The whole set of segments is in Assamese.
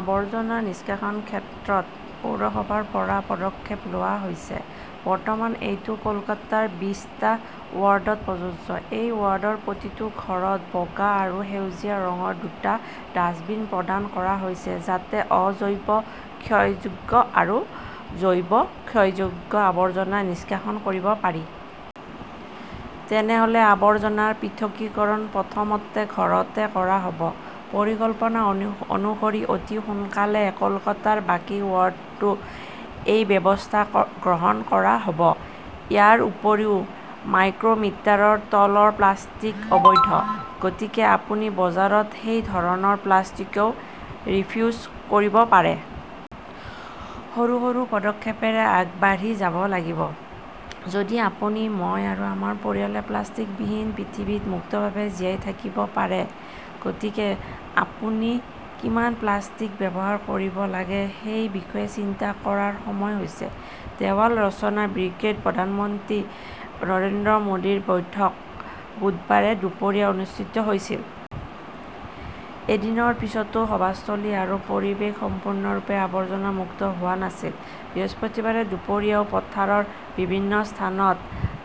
আবৰ্জনা নিষ্কাশন ক্ষেত্ৰত পৌৰসভাৰ পৰা পদক্ষেপ লোৱা হৈছে। বৰ্তমান, এইটো কলকাতাৰ বিশ টা ৱাৰ্ডত প্ৰযোজ্য। এই ৱাৰ্ডৰ প্ৰতিটো ঘৰত বগা আৰু সেউজীয়া ৰঙৰ দুটা ডাস্টবিন প্ৰদান কৰা হৈছে। যাতে অ-জৈৱ-ক্ষয়যোগ্য আৰু জৈৱ-ক্ষয়যোগ্য আৱৰ্জনা নিষ্কাশন কৰিব পাৰি। তেনেহ 'লে আৱৰ্জনাৰ পৃথকীকৰণ প্ৰথমতে ঘৰতে কৰা হ'ব। পৰিকল্পনা অনুসৰি অতি সোনকালেই কলকাতাৰ বাকী ৱাৰ্ডতো এই ব্যৱস্থা গ্ৰহণ কৰা হ'ব। ইয়াৰ উপৰিও মাইক্ৰ মিটাৰৰ তলৰ প্লাষ্টিক অবৈধ। গতিকে আপুনি বজাৰত সেই ধৰণৰ প্লাষ্টিকও ৰিফিউজ কৰিব পাৰে। সৰু সৰু পদক্ষেপেৰে আগবাঢ়ি যাব লাগিব। যদি আপুনি, মই আৰু আমাৰ পৰিয়ালে প্লাষ্টিকবিহীন পৃথিৱীত মুক্তভাৱে জীয়াই থাকিব পাৰে। গতিকে আপুনি কিমান প্লাষ্টিক ব্যৱহাৰ কৰিব লাগে সেই বিষয়ে চিন্তা কৰাৰ সময় হৈছে। দেৱাল ৰচনা ব্ৰিগেড প্ৰধানমন্ত্ৰী নৰেন্দ্ৰ মোদীৰ বৈঠক বুধবাৰে দুপৰীয়া অনুষ্ঠিত হৈছিল। এদিনৰ পিছতো সভাস্থলী আৰু পৰিৱেশ সম্পূৰ্ণৰূপে আৱৰ্জনা মুক্ত হোৱা নাছিল। বৃহস্পতিবাৰে দুপৰীয়াও পথাৰৰ বিভিন্ন স্থানত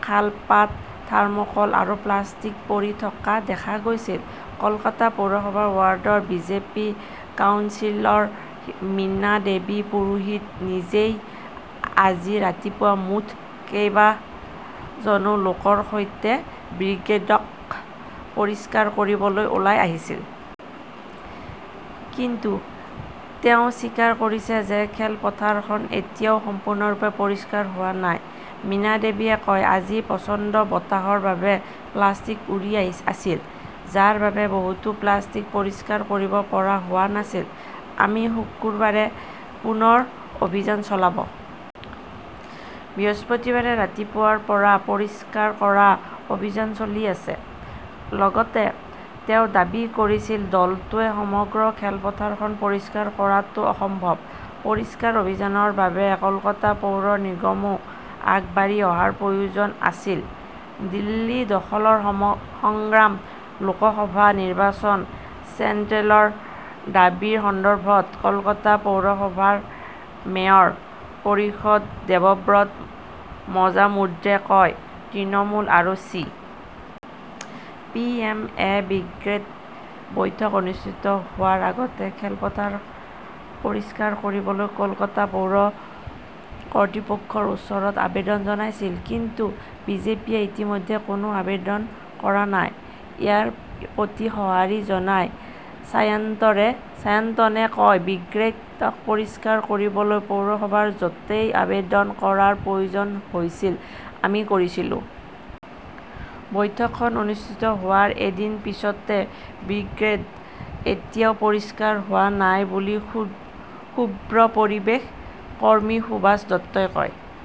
শালপাত, থাৰ্মোকোল আৰু প্লাষ্টিক পৰি থকা দেখা গৈছিল। কলকাতা পৌৰসভাৰ ৱাৰ্ডৰ বিজেপি কাউন্সিলৰ মীনা দেৱী পুৰোহিত নিজেই আজি ৰাতিপুৱা মুঠ কেইবাজনো লোকৰ সৈতে ব্ৰিগেডক পৰিষ্কাৰ কৰিবলৈ ওলাই আহিছিল। কিন্তু তেওঁ স্বীকাৰ কৰিছে যে খেলপথাৰখন এতিয়াও সম্পূৰ্ণৰূপে পৰিষ্কাৰ হোৱা নাই। মীনাদেৱীয়ে কয়, আজি প্ৰচণ্ড বতাহৰ বাবে প্লাষ্টিক উৰি আছিল। যাৰ বাবে বহুতো প্লাষ্টিক পৰিষ্কাৰ কৰিব পৰা হোৱা নাছিল। আমি শুকুৰবাৰে পুনৰ অভিযান চলাব। বৃহস্পতিবাৰে ৰাতিপুৱাৰ পৰা পৰিষ্কাৰ কৰা অভিযান চলি আছে। লগতে তেওঁ দাবী কৰিছিল, দলটোৱে সমগ্ৰ খেলপথাৰখন পৰিষ্কাৰ কৰাটো অসম্ভৱ। পৰিষ্কাৰ অভিযানৰ বাবে কলকাতা পৌৰ নিগমো আগবাঢ়ি অহাৰ প্ৰয়োজন আছিল। দিল্লী দখলৰ সংগ্ৰাম, লোকসভা নিৰ্বাচন চেনট্ৰেলৰ দাবীৰ সন্দৰ্ভত, কলকাতা পৌৰসভাৰ মেয়ৰ পৰিষদ দেৱব্ৰত মজামুদ্ৰে কয়, তৃণমূল আৰু চি. পি. এম. -এ ব্ৰিগেড বৈঠক অনুষ্ঠিত হোৱাৰ আগতে খেলপথাৰ পৰিষ্কাৰ কৰিবলৈ কলকাতা পৌৰ কৰ্তৃপক্ষৰ ওচৰত আবেদন জনাইছিল। কিন্তু বিজেপিয়ে ইতিমধ্যে কোনো আবেদন কৰা নাই। ইয়াৰ প্ৰতি সঁহাৰি জনাই ছাইয়ান্তনে কয়, ব্ৰিগেডক পৰিষ্কাৰ কৰিবলৈ পৌৰসভাৰ য'তেই আবেদন কৰাৰ প্ৰয়োজন হৈছিল আমি কৰিছিলো। বৈঠকখন অনুষ্ঠিত হোৱাৰ এদিন পিছতে ব্ৰিগেড এতিয়াও পৰিষ্কাৰ হোৱা নাই বুলি শুভ্ৰ পৰিৱেশ কৰ্মী সুভাষ দত্তই কয়।